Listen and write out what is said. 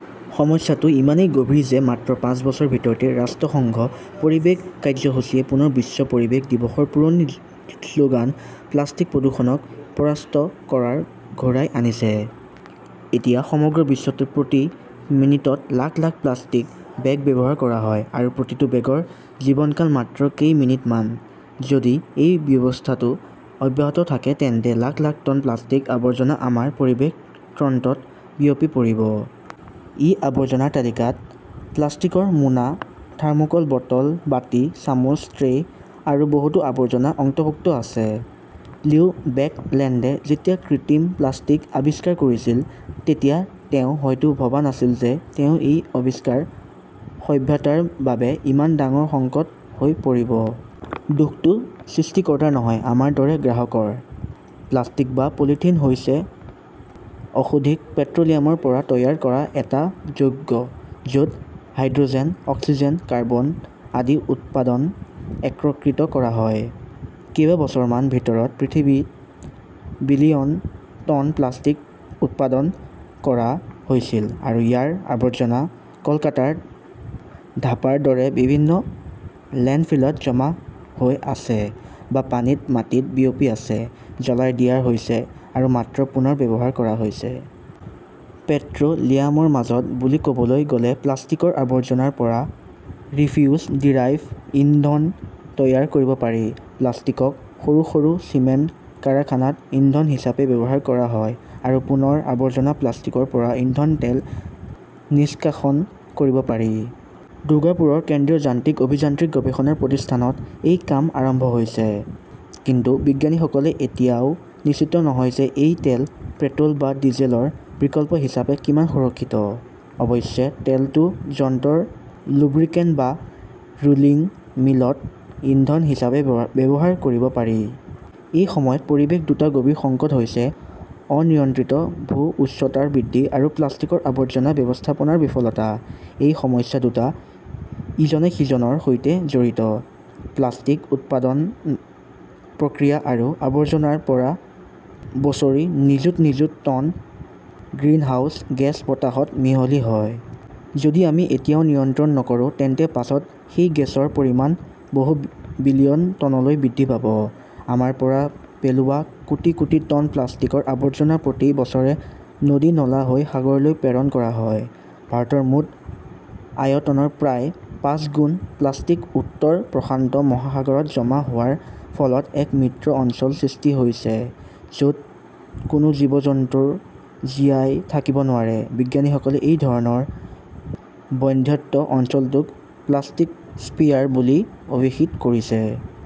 সমস্যাটো ইমানেই গভীৰ যে মাত্ৰ পাঁচ বছৰৰ ভিতৰতে ৰাষ্ট্ৰসংঘৰ পৰিৱেশ কাৰ্যসূচীয়ে পুনৰ বিশ্ব পৰিৱেশ দিৱসৰ পুৰণি শ্লোগান-প্লাষ্টিক‌ প্ৰদূষণক পৰাস্ত কৰক ঘূৰাই আনিছে। এতিয়া সমগ্ৰ বিশ্বতে প্ৰতি মিনিটত লাখ লাখ প্লাষ্টিক বেগ ব্যৱহাৰ কৰা হয় আৰু প্ৰতিটো বেগৰ জীৱনকাল মাত্ৰ কেই মিনিট মান, যদি এই ব্যৱস্থাটো অব্যাহত থাকে তেন্তে লাখ লাখ টন প্লাষ্টিক-আৱৰ্জনা আমাৰ পৰিৱেশ তন্ত্ৰত বিয়পি পৰিব। এই আৱৰ্জনাৰ তালিকাত প্লাষ্টিকৰ মোনা, থাৰ্মোকল, বটল, বাটি, চামুচ, ষ্ট্ৰ আৰু বহুতো আৱৰ্জনা অন্তৰ্ভুক্ত আছে। লিও বেকলেণ্ডে যেতিয়া কৃত্ৰিম প্লাষ্টিক আৱিষ্কাৰ কৰিছিল, তেতিয়া তেওঁ হয়তো ভবা নাছিল যে তেওঁৰ এই আৱিষ্কাৰ সভ্যতাৰ বাবে ইমান ডাঙৰ সংকট হৈ পৰিব। দোষটো সৃষ্টিকৰ্তাৰ নহয়, আমাৰ দৰে গ্ৰাহকৰ। প্লাষ্টিক বা পলিথিন হৈছে অশোধিত পেট্ৰ'লিয়ামৰ পৰা তৈয়াৰ কৰা এটা যৌগ, য'ত হাইড্ৰ'জেন, অক্সিজেন, কাৰ্বন আদি উপাদান একত্ৰিত কৰা হয়। কেইবছৰ‌মানৰ ভিতৰত পৃথিৱীত বিলিয়ন টন প্লাষ্টিক উৎপাদন কৰা হৈছিল আৰু ইয়াৰ আৱৰ্জনা কলকাতাৰ ধাপাৰ দৰে বিভিন্ন লেণ্ডফিলত জমা হৈ আছে, বা পানীত-মাটিত বিয়পি আছে; জ্বলাই দিয়া হৈছে আৰু মাত্ৰ পুনৰ ব্যৱহাৰ কৰা হৈছে। পেট্ৰ' লিয়ামজাত বুলি ক'বলৈ গলে প্লাষ্টিক-আৱৰ্জনাৰ পৰা ৰিফিউজড ডিৰাইভড ইন্ধন তৈয়াৰ কৰিব পাৰি; প্লাষ্টিকক সৰু সৰু চিমেণ্ট কাৰখানাত ইন্ধন হিচাপে ব্যৱহাৰ কৰা হয়; আৰু পুনৰ আৱৰ্জনা প্লাষ্টিকৰ পৰা ইন্ধন তেল নিষ্কাশন কৰিব পাৰি। দুৰ্গাপুৰৰ কেন্দ্ৰীয় যান্ত্ৰিক অভিযান্ত্ৰিক গৱেষণা প্ৰতিষ্ঠানত এই কাম আৰম্ভ হৈছে। কিন্তু বিজ্ঞানীসকলে এতিয়াও নিশ্চিত নহয় যে এই তেল পেট্ৰল বা ডিজেলৰ বিকল্প হিচাপে কিমান সুৰক্ষিত। অৱশ্যে, তেলটো যন্ত্ৰৰ লুব্ৰিকেণ্ট বা ৰোলিং মিলত ইন্ধন হিচাপে ব্যৱহাৰ কৰিব পাৰি। এই সময়ত পৰিৱেশৰ দুটা গভীৰ সংকট হৈছে অনিয়ন্ত্ৰিত ভূ-উষ্ণতা বৃদ্ধি আৰু প্লাষ্টিকৰ আৱৰ্জনা ব্যৱস্থাপনাৰ বিফলতা। এই সমস্যা দুটা ইজনে সিজনৰ সৈতে জড়িত। প্লাষ্টিক উৎপাদন প্ৰক্ৰিয়া আৰু আৱৰ্জনাৰ পৰা বছৰি নিযুত নিযুত টন গ্ৰিনহাউজ গেছ বতাহত মিহলি হয়। যদি আমি এতিয়াও নিয়ন্ত্ৰণ নকৰো, তেন্তে পাছত সেই গেছৰ পৰিমাণ বহু বিলিয়ন টনলৈ বৃদ্ধি পাব। আমাৰ পৰা পেলোৱা কোটি কোটি টন প্লাষ্টিকৰ আৱৰ্জনা প্ৰতি বছৰে নদী-নলা হৈ সাগৰলৈ প্ৰেৰণ কৰা হয়। ভাৰতৰ মুঠ আয়তনৰ প্ৰায় পাঁচগুণ প্লাষ্টিক উত্তৰ প্ৰশান্ত মহাসাগৰত জমা হোৱাৰ ফলত এক মৃত অঞ্চল সৃষ্টি হৈছে য' ত কোনো জীৱ-জন্তু জীয়াই থাকিব নোৱাৰে। বিজ্ঞানীসকলে এই ধৰণৰ বন্ধ্যাত্ব অঞ্চলটোক প্লাষ্টিকস্ফিয়াৰ বুলি অভিহিত কৰিছে।